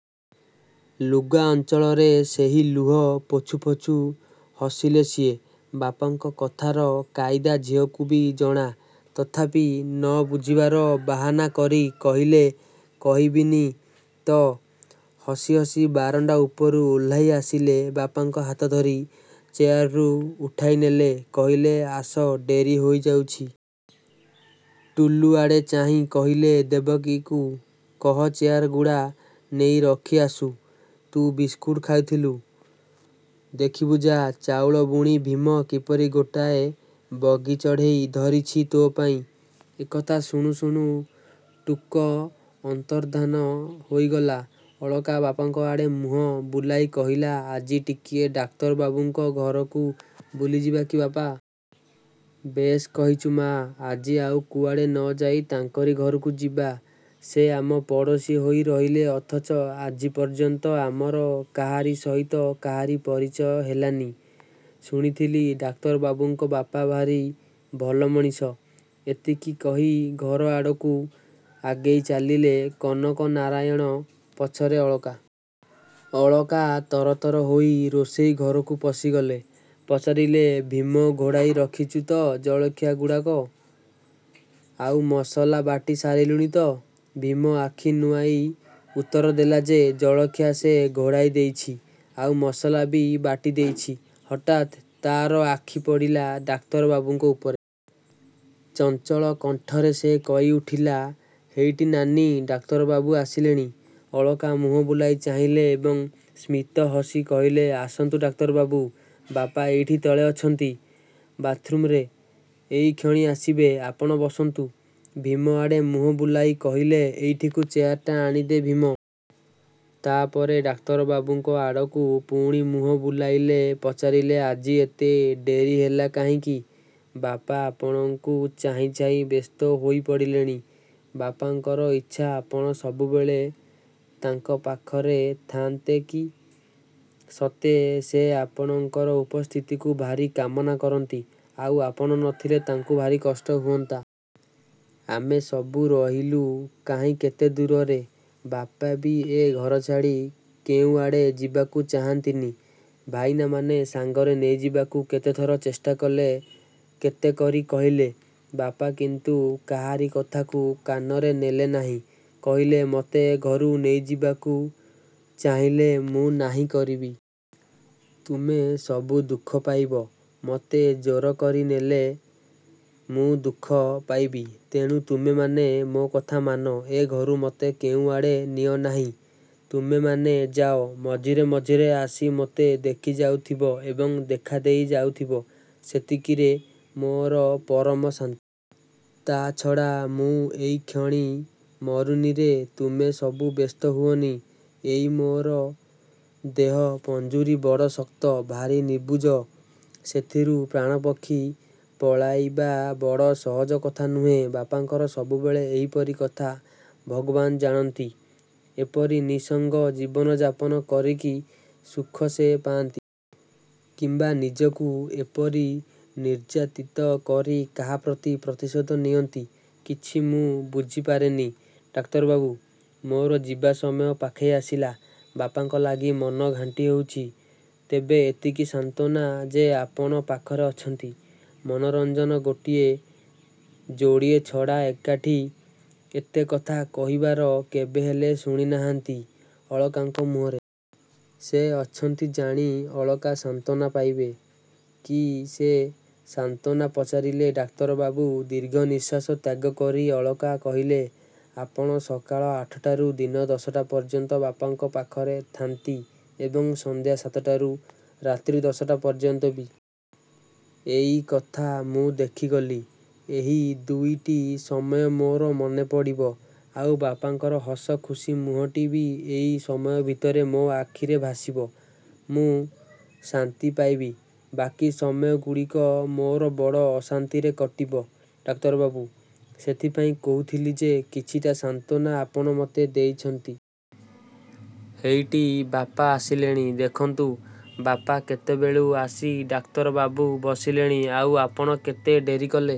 ଲୁଗାଅଞ୍ଚଳରେ ସେହି ଲୁହ ପୋଛୁ ପୋଛୁ ହସିଲେ ସିଏ। ବାପାଙ୍କ କଥାର କାଇଦା ଝିଅକୁ ବି ଜଣା। ତଥାପି ନ ବୁଝିବାର ବାହାନା କରି କହିଲେ କହିବିନି ତ। ହସି ହସି ବାରଣ୍ଡା ଉପରୁ ଓହ୍ଲାଇଆସିଲେ। ବାପାଙ୍କ ହାତଧରି ଚେୟାରରୁ ଉଠାଇନେଲେ। କହିଲେ ଆସ ଡେରି ହୋଇଯାଉଛି। ଟୁଲୁଆଡ଼େ ଚାହିଁ କହିଲେ, ଦେବକୀକୁ କହ, ଚେୟାରଗୁଡ଼ା ନେଇରଖି ଆସୁ। ତୁ ବିସ୍କୁଟ୍ ଖାଇଥିଲୁ? ଦେଖିବୁ ଯା, ଚାଉଳ ବୁଣି ଭୀମ କିପରି ଗୋଟିଏ ବଗିଚଢ଼େଇ ଧରିଛି ତୋ ପାଇଁ। ଏ କଥା ଶୁଣୁ ଶୁଣୁ ଟୁକ ଅନ୍ତର୍ଦ୍ଧାନ ହୋଇଗଲା। ଅଳକା ବାପାଙ୍କଆଡ଼େ ମୁହଁ ବୁଲାଇ କହିଲା ଆଜି ଟିକିଏ ଡାକ୍ତର ବାବୁଙ୍କ ଘରକୁ ବୁଲିଯିବା କି ବାପା? ବେଶ୍ କହିଛୁ ମା', ଆଜି ଆଉ କୁଆଡ଼େ ନ ଯାଇ ତାଙ୍କରି ଘରକୁ ଯିବା। ସେ ଆମ ପଡ଼ୋଶୀ ହୋଇ ରହିଲେ ଅଥଚ ଆଜିପର୍ଯ୍ୟନ୍ତ ଆମର କାହାରି ସହିତ କାହାରି ପରିଚୟ ହେଲାନି। ଶୁଣିଥିଲି ଡାକ୍ତର ବାବୁଙ୍କ ବାପା ଭାରି ଭଲ ମଣିଷ। ଏତିକି କହି ଘରଆଡ଼କୁ ଆଗେଇ ଚାଲିଲେ କନକ ନାରାୟଣ, ପଛରେ ଅଳକା। ଅଳକା ତର ତର ହୋଇ ରୋଷେଇ ଘରକୁ ପଶିଗଲେ। ପଚାରିଲେ ଭୀମ ଘୋଡ଼ାଇ ରଖିଛୁ ତ ଜଳଖିଆଗୁଡ଼ାକ? ଆଉ ମସଲା ବାଟି ସାରିଲୁଣି ତ? ଭୀମ ଆଖି ନୁଆଇ ଉତ୍ତର ଦେଲା ଯେ, ଜଳଖିଆ ସେ ଘୋଡ଼ାଇ ଦେଇଛି, ଆଉ ମସଲା ବି ବାଟିଦେଇଛି। ହଠାତ୍ ତା'ର ଆଖିପଡ଼ିଲା ଡାକ୍ତର ବାବୁଙ୍କ ଉପରେ। ଚଞ୍ଚଳ କଣ୍ଠରେ ସେ କହିଉଠିଲା ହେଇଟି ନାନୀ ଡାକ୍ତରବାବୁ ଆସିଲେଣି। ଅଳକା ମୁହଁବୁଲାଇ ଚାହିଁଲେ ଏବଂ ସ୍ମିତ ହସି କହିଲେ ଆସନ୍ତୁ ଡାକ୍ତରବାବୁ। ବାପା ଏଇଠି ତଳେ ଅଛନ୍ତି। ବାଥ୍ରୁମ୍ରେ। ଏଇକ୍ଷଣି ଆସିବେ। ଆପଣ ବସନ୍ତୁ। ଭୀମଆଡ଼େ ମୁହଁବୁଲାଇ କହିଲେ ଏଇଠିକୁ ଚେୟାରଟା ଆଣିଦେ ଭୀମ। ତା'ପରେ ଡାକ୍ତରବାବୁଙ୍କ ଆଡ଼କୁ ପୁଣି ମୁହଁ ବୁଲାଇଲେ। ପଚାରିଲେ ଆଜି ଏତେ ଡେରିହେଲା କାହିଁକି? ବାପା ଆପଣଙ୍କୁ ଚାହିଁ ଚାହିଁ ବ୍ୟସ୍ତ ହୋଇପଡ଼ିଲେଣି। ବାପାଙ୍କର ଇଚ୍ଛା ଆପଣ ସବୁବେଳେ ତାଙ୍କ ପାଖରେ ଥାନ୍ତେ କି? ସତେ, ସେ ଆପଣଙ୍କର ଉପସ୍ଥିତିକୁ ଭାରି କାମନା କରନ୍ତି। ଆଉ, ଆପଣ ନ ଥିଲେ ତାଙ୍କୁ ଭାରି କଷ୍ଟ ହୁଅନ୍ତା। ଆମେ ସବୁ ରହିଲୁ କାହିଁକେତେ ଦୂରରେ, ବାପା ବି ଏ ଘରଛାଡ଼ି କେଉଁଆଡ଼େ ଯିବାକୁ ଚାହାନ୍ତିନି। ଭାଇନାମାନେ ସାଙ୍ଗରେ ନେଇଯିବାକୁ କେତେ ଚେଷ୍ଟାକଲେ, କେତେକରି କହିଲେ। ବାପା କିନ୍ତୁ କାହାରି କଥାକୁ କାନରେ ନେଲେ ନାହିଁ। କହିଲେ ମୋତେ ଏ ଘରୁ ନେଇଯିବାକୁ ଚାହିଁଲେ ମୁଁ ନାହିଁ କରିବି। ତୁମେ ସବୁ ଦୁଃଖ ପାଇବ। ମୋତେ ଜୋର କରି ନେଲେ ମୁଁ ଦୁଃଖ ପାଇବି। ତେଣୁ ତୁମେମାନେ ମୋ କଥା ମାନ। ଏ ଘରୁ ମୋତେ କେଉଁଆଡ଼େ ନିଅନାହିଁ। ତୁମେମାନେ ଯାଅ। ମଝିରେ ମଝିରେ ଆସି ମୋତେ ଦେଖି ଯାଉଥିବ ଏବଂ ଦେଖାଦେଇ ଯାଉଥିବ, ସେତିକିରେ ମୋର ପରମ ଶାନ୍ତି। ତା'ଛଡ଼ା, ମୁଁ ଏଇକ୍ଷଣି ମରୁନିରେ, ତୁମେ ସବୁ ବ୍ୟସ୍ତ ହୁଅନି। ଏଇ ମୋର ଦେହ ପଞ୍ଜୁରି ବଡ଼ ଶକ୍ତ, ଭାରି ନିବୁଜ, ସେଥିରୁ ପ୍ରାଣପକ୍ଷୀ ପଳାଇବା ବଡ଼ ସହଜକଥା ନୁହେଁ। ବାପାଙ୍କର ସବୁବେଳେ ଏହିପରି କଥା। ଭଗବାନ ଜାଣନ୍ତି, ଏପରି ନିଃସଙ୍ଗ ଜୀବନଯାପନ କରିକି ସୁଖ ସେ ପାଆନ୍ତି। କିମ୍ବା ନିଜକୁ ଏପରି ନିର୍ଯ୍ୟାତୀତ କରି କାହାପ୍ରତି ପ୍ରତିଶୋଧ ନିଅନ୍ତି। କିଛି ମୁଁ ବୁଝିପାରେନି ଡାକ୍ତରବାବୁ। ମୋର ଯିବାସମୟ ପାଖେଇ ଆସିଲା। ବାପାଙ୍କଲାଗି ମନ ଘାଣ୍ଟି ହଉଛି। ତେବେ ଏତିକି ସାନ୍ତ୍ୱନା ଯେ ଆପଣ ପାଖରେ ଅଛନ୍ତି। ମନୋରଞ୍ଜନ ଗୋଟିଏ ଯୋଡ଼ିଏ ଛଡ଼ା ଏକାଠି ଏତେ କଥା କହିବାର କେବେହେଲେ ଶୁଣିନାହାନ୍ତି ଅଳକାଙ୍କ ମୁହଁରେ। ସେ ଅଛନ୍ତି ଜାଣି ଅଳକା ସାନ୍ତ୍ୱନା ପାଇବେ! କି ସେ ସାନ୍ତ୍ୱନା ପଚାରିଲେ ଡାକ୍ତରବାବୁ! ଦୀର୍ଘ ନିଶ୍ୱାସ ତ୍ୟାଗ କରି ଅଳକା କହିଲେ ଆପଣ ସକାଳ ଆଠଟାରୁ ଦିନ ଦଶଟା ପର୍ଯ୍ୟନ୍ତ ବାପାଙ୍କ ପାଖରେ ଥାନ୍ତି ଏବଂ ସନ୍ଧ୍ୟା ସାତଟାରୁ ରାତ୍ରି ଦଶଟା ପର୍ଯ୍ୟନ୍ତ ବି। ଏଇ କଥା ମୁଁ ଦେଖିଗଲି। ଏହି ଦୁଇଟି ସମୟ ମୋର ମନେପଡ଼ିବ। ଆଉ ବାପାଙ୍କର ହସ ଖୁସି ମୁହଁଟି ବି ଏଇ ସମୟ ଭିତରେ ମୋ ଆଖିରେ ଭାସିବ। ମୁଁ ଶାନ୍ତି ପାଇବି। ବାକି ସମୟଗୁଡ଼ିକ ମୋର ବଡ଼ ଅଶାନ୍ତିରେ କଟିବ ଡାକ୍ତରବାବୁ। ସେଥିପାଇଁ କହୁଥିଲି ଯେ କିଛିଟା ସାନ୍ତ୍ୱନା ଆପଣ ମୋତେ ଦେଇଛନ୍ତି। ହେଇଟି, ବାପା ଆସିଲେଣି। ଦେଖନ୍ତୁ ବାପା, କେତେବେଳୁ ଆସି ଡାକ୍ତରବାବୁ ବସିଲେଣି ଆଉ ଆପଣ କେତେ ଡେରିକଲେ।